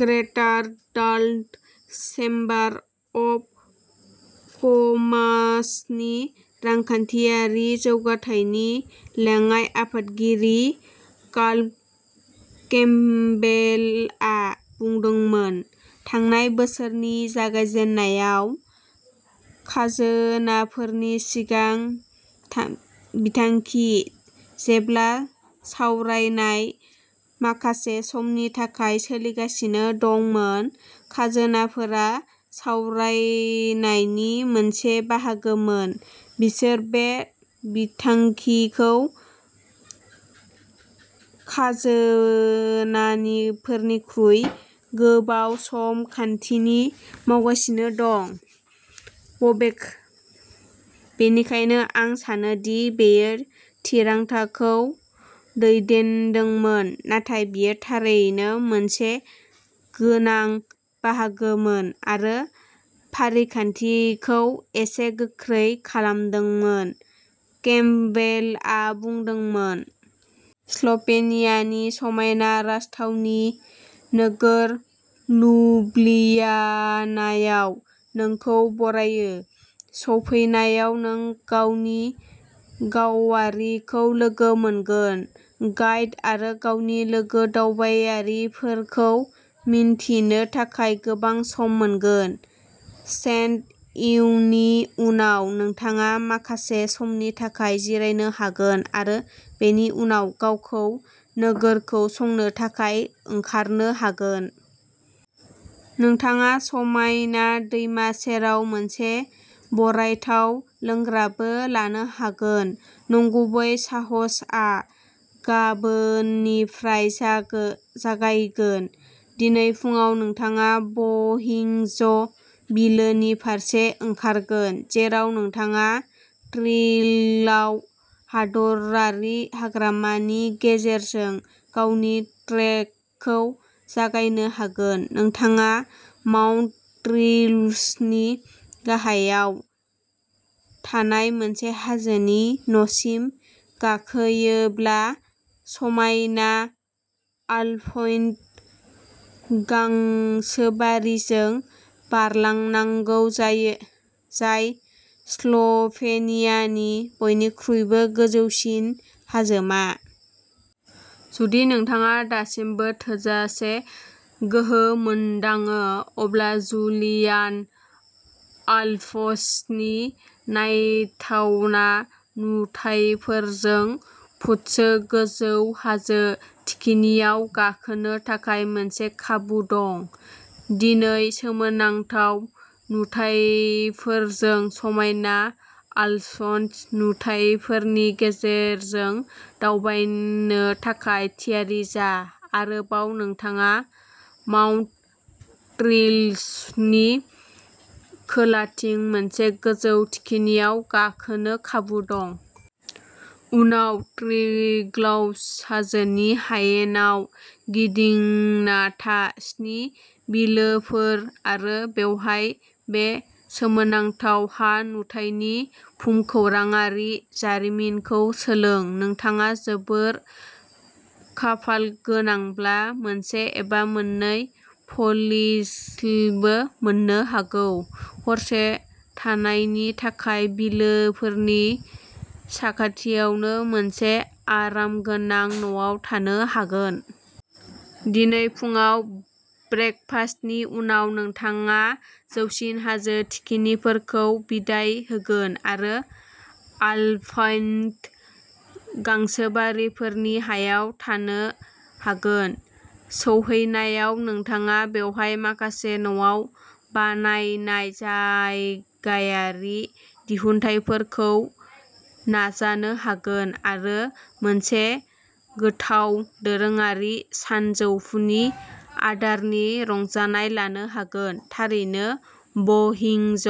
ग्रेटार डाल्ट chamber of कमासनि रांखान्थियारि जौगाथायनि लेङाइ आफादगिरि कार्ल केम्पबेलआ बुंदोंमोन, थांनाय बोसोरनि जागायजेननायाव, खाजोनाफोरनि सिगां थां बिथांखि। जेब्ला सावरायनाय माखासे समनि थाखाय सोलिगासिनो दंमोन, खाजोनाफोरा सावरायनायनि मोनसे बाहागोमोन। बिसोर बे बिथांखिखौ खाजोनानिफोरनिख्रुइ गोबाव सम खान्थिनि मावगासिनो दं बबेख बेनिखायनो आं सानो दि बेयो थिरांथाखौ दैदेनदोंमोन नाथाय बेयो थारैनो मोनसे गोनां बाहागोमोन आरो फारिखान्थिखौ एसे गोख्रै खालामदोंमोन केम्पबेलआ बुंदोंमोन। स्ल'भेनियानि समायना राजथावनि नोगोर लुब्लियानायाव नोंखौ बरायो। सफैनायाव, नों गावनि गावारिखौ लोगो मोनगोन। गाइड आरो गावनि लोगो दावबायारिफोरखौ मिन्थिनो थाखाय गोबां सम मोनगोन। चेक-इननि उनाव, नोंथाङा माखासे समनि थाखाय जिरायनो हागोन आरो बेनि उनाव गावनो नोगोरखौ संनो थाखाय ओंखारनो हागोन। नोंथाङा समायना दैमा सेराव मोनसे बरायथाव लोंग्राबो लानो हागोन। नंगुबै साहसआ गाबोननिफ्राय जागो जागायगोन। दिनै फुङाव, नोंथाङा ब'हिंज बिलोनि फारसे ओंखारगोन जेराव नोंथाङा ट्रिलाव हादरारि हाग्रामानि गेजेरजों गावनि ट्रेकखौ जागायनो हागोन। नोंथाङा माउन्ट ट्रेसलनि गाहायाव थानाय मोनसे हाजोनि न'सिम गाखोयोब्ला समायना आल्पइन गांसोबारिजों बारलांनांगौ, जायो जाय स्ल'भेनियानि बयनिख्रुइबो गोजौसिन हाजोमा। जुदि नोंथाङा दासिमबो थोजासे गोहो मोनदाङो, अब्ला जुलियान आल्प्सनि नायथावना नुथायफोरजों फुटसो गोजौ हाजो थिखिनियाव गाखोनो थाखाय मोनसे खाबु दं। दिनै, सोमोनांथाव नुथायफोरजों समायना आलपन नुथायफोरनि गेजेरजों दावबायनो थाखाय थियारि जा। आरोबाव नोंथांनाव माउन्ट ट्रिसलनि खोलाथिं मोनसे गोजौ थिखिनियाव गाखोनो खाबु दं। उनाव, ट्रिग्लाव हाजोनि हायेनाव गिदिंना था। स्नि बिलोफोर आरो बेवहाय बे सोमोनांथाव हा-नुथायनि भुमखौराङारि जारिमिनखौ सोलों। नोंथाङा जोबोद खाफाल गोनांब्ला मोनसे एबा मोननै फसिलबो मोननो हागौ। हरसे थानायनि थाखाय बिलोफोरनि साखाथियावनो मोनसे आरामगोनां न'आव थानो हागोन। दिनै फुङाव ब्रेकफास्टनि उनाव, नोंथाङा जौसिन हाजो थिखिनिफोरखौ बिदाय होगोन आरो आल्पाइन गांसोबारिफोरनि हायाव थांनो हागोन। सौहैनायाव, नोंथाङा बेवहाय माखासे न'आव बानायनाय जायगायारि दिहुनथायफोरखौ नाजानो हागोन आरो मोनसे गोथाव दोरोङारि सानजौफुनि आदारनि रंजानाय लानो हागोन थारैनो ब'हिंज।